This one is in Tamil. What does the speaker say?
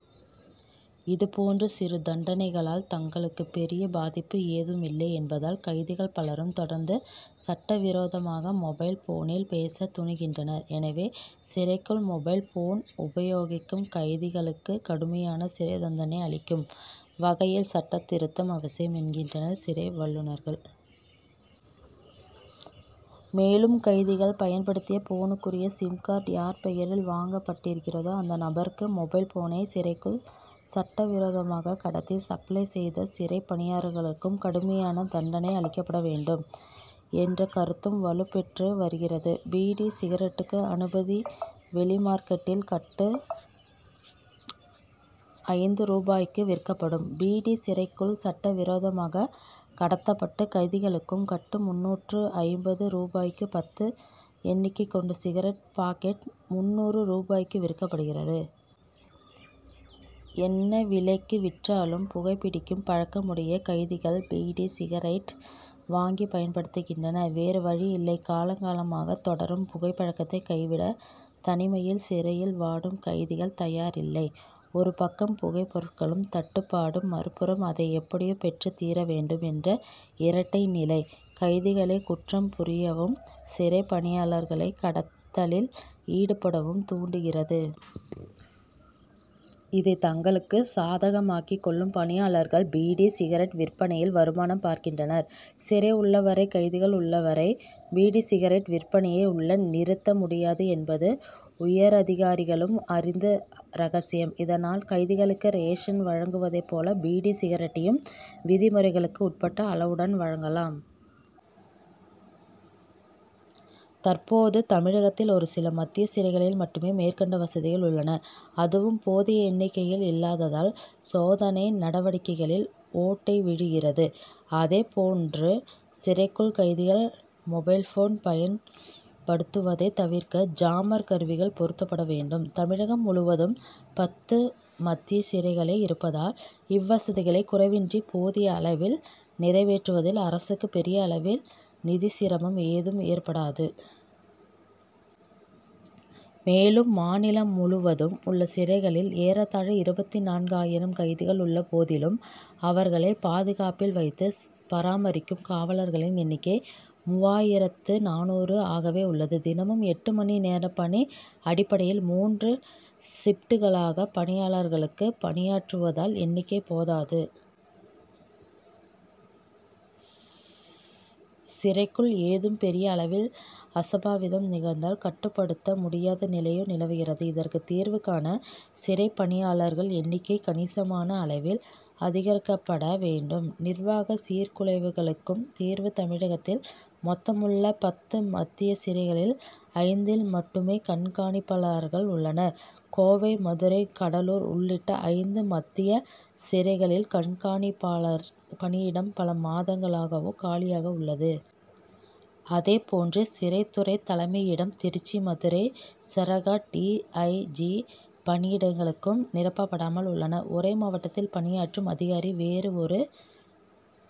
இது போன்ற சிறு தண்டனைகளால் தங்களுக்கு பெரிய பாதிப்பு ஏதுமில்லை என்பதால், கைதிகள் பலரும் தொடர்ந்து சட்டவிரோதமாக மொபைல் போனில் பேச துணிகின்றனர். எனவே, சிறைக்குள் மொபைல் போன் உபயோகிக்கும் கைதிகளுக்கு கடுமையான சிறை தண்டனை அளிக்கும் வகையில் சட்டத்திருத்தம் அவசியம், என்கின்றனர், சிறை வல்லுனர்கள். மேலும், கைதிகள் பயன்படுத்திய போனுக்குரிய சிம்கார்டு' யார் பெயரில் வாங்கப்பட்டிருக்கிறதோ அந்த நபருக்கும், மொபைல் போனை சிறைக்குள் சட்டவிரோதமாக கடத்தி சப்ளை செய்த சிறை பணியாளர்களுக்கும் கடுமையான தண்டனை அளிக்கப்பட வேண்டும், என்ற கருத்தும் வலுப்பெற்று வருகிறது. பீடி, சிகரெட்டுக்கு அனுமதி வெளிமார்க்கெட்டில் கட்டு ஐந்து ரூபாய்க்கு விற்கப்படும் பீடி, சிறைக்குள் சட்ட விரோதமாக கடத்தப்பட்டு கைதிகளுக்கு கட்டு முன்னூற்று ஐம்பது ரூபாய்க்கும், பத்து எண்ணிக்கை கொண்ட சிகரெட் பாக்கெட் முன்னூறு ரூபாய்க்கும் விற்கப்படுகிறது. என்ன விலைக்கு விற்றாலும், புகைபிடிக்கும் பழக்கமுடைய கைதிகள் பீடி, சிகரெட்டை வாங்கி பயன்படுத்துகின்றனர், வேறு வழியில்லை. காலங்காலமாக தொடரும் புகை பழக்கத்தை கைவிட, தனிமையில் சிறையில் வாடும் கைதிகள் தயாரில்லை. ஒரு பக்கம் புகை பொருட்களுக்கு தட்டுப்பாடு, மறுபுறம் அதை எப்படியும் பெற்றே தீரவேண்டும்' என்ற இரட்டை நிலை, கைதிகளை குற்றம்புரியவும், சிறை பணியாளர்களை கடத்தலில் ஈடுபடவும் தூண்டுகிறது. இதை தங்களுக்கு சாதமாக்கிக் கொள்ளும் பணியாளர்கள், பீடி, சிகரெட் விற்பனையில் வருமானம் பார்க்கின்றனர். சிறை உள்ளவரை, கைதிகள் உள்ளவரை பீடி, சிகரெட் விற்பனையை உள்ள' நிறுத்த முடியாது என்பது, உயரதிகாரிகளும் அறிந்த ரகசியம். இதனால், கைதிகளுக்கு ரேஷன் வழங்குவதை போல பீடி, சிகரெட்டையும் விதிமுறைகளுக்கு உட்பட்டு அளவுடன் வழங்கலாம். தற்போது, தமிழகத்தில் ஒரு சில மத்திய சிறைகளில் மட்டுமே மேற்கண்ட வசதிகள் உள்ளன, அதுவும் போதிய எண்ணிக்கையில் இல்லாததால், சோதனை நடவடிக்கைகளில் ஓட்டை விழுகிறது. அதே போன்று சிறைக்குள், கைதிகள் மொபைல்போன் பயன்படுத்துவதை தவிர்க்க ஜாமர்' கருவிகள் பொருத்தப்பட வேண்டும். தமிழகம் முழுவதும் பத்து மத்திய சிறைகளே இருப்பதால், இவ்வசதிகளை குறைவின்றி போதிய அளவில் நிறைவேற்றுவதில் அரசுக்கு பெரிய அளவில் நிதிச்சிரமம் ஏதும் ஏற்படாது. மேலும், மாநிலம் முழுவதும் உள்ள சிறைகளில் ஏறத்தாழ இருபத்து நான்கு ஆயிரம் கைதிகள் உள்ள போதிலும், அவர்களை பாதுகாப்பில் வைத்து பராமரிக்கும் காவலர்களின் எண்ணிக்கை மூவாயிரத்து நானூறு ஆகவே உள்ளது. தினமும் எட்டுமணி நேர பணி' அடிப்படையில் மூன்று ஷிப்ட்களாக பணியாளர்கள் பணியாற்றுவதால் எண்ணிக்கை போதாது. சிறைக்குள் ஏதும் பெரிய அளவில் அசம்பாவிதம் நிகழ்ந்தால் கட்டுப்படுத்த முடியாத நிலையே நிலவுகிறது. இதற்கு தீர்வு காண, சிறை பணியாளர் எண்ணிக்கை கணிசமான அளவில் அதிகரிக்கப்பட வேண்டும். நிர்வாக சீர்குலைவுகளுக்கு தீர்வு தமிழகத்தில் மொத்தமுள்ள பத்து மத்திய சிறைகளில், ஐந்தில் மட்டுமே கண்காணிப்பாளர்கள் உள்ளனர். கோவை, மதுரை, கடலூர் உள்ளிட்ட ஐந்து மத்திய சிறைகளில் கண்காணிப்பாளர் பணியிடம் பல மாதங்களாகவே காலியாக உள்ளது. அதே போன்று, சிறைத்துறை தலைமையிடம், திருச்சி, மதுரை சரக டி. ஐ. ஜி., பணியிடங்களும் நிரப்பப்படாமல் உள்ளன. ஒரே மாவட்டத்தில் பணியாற்றும் அதிகாரி, வேறு ஒரு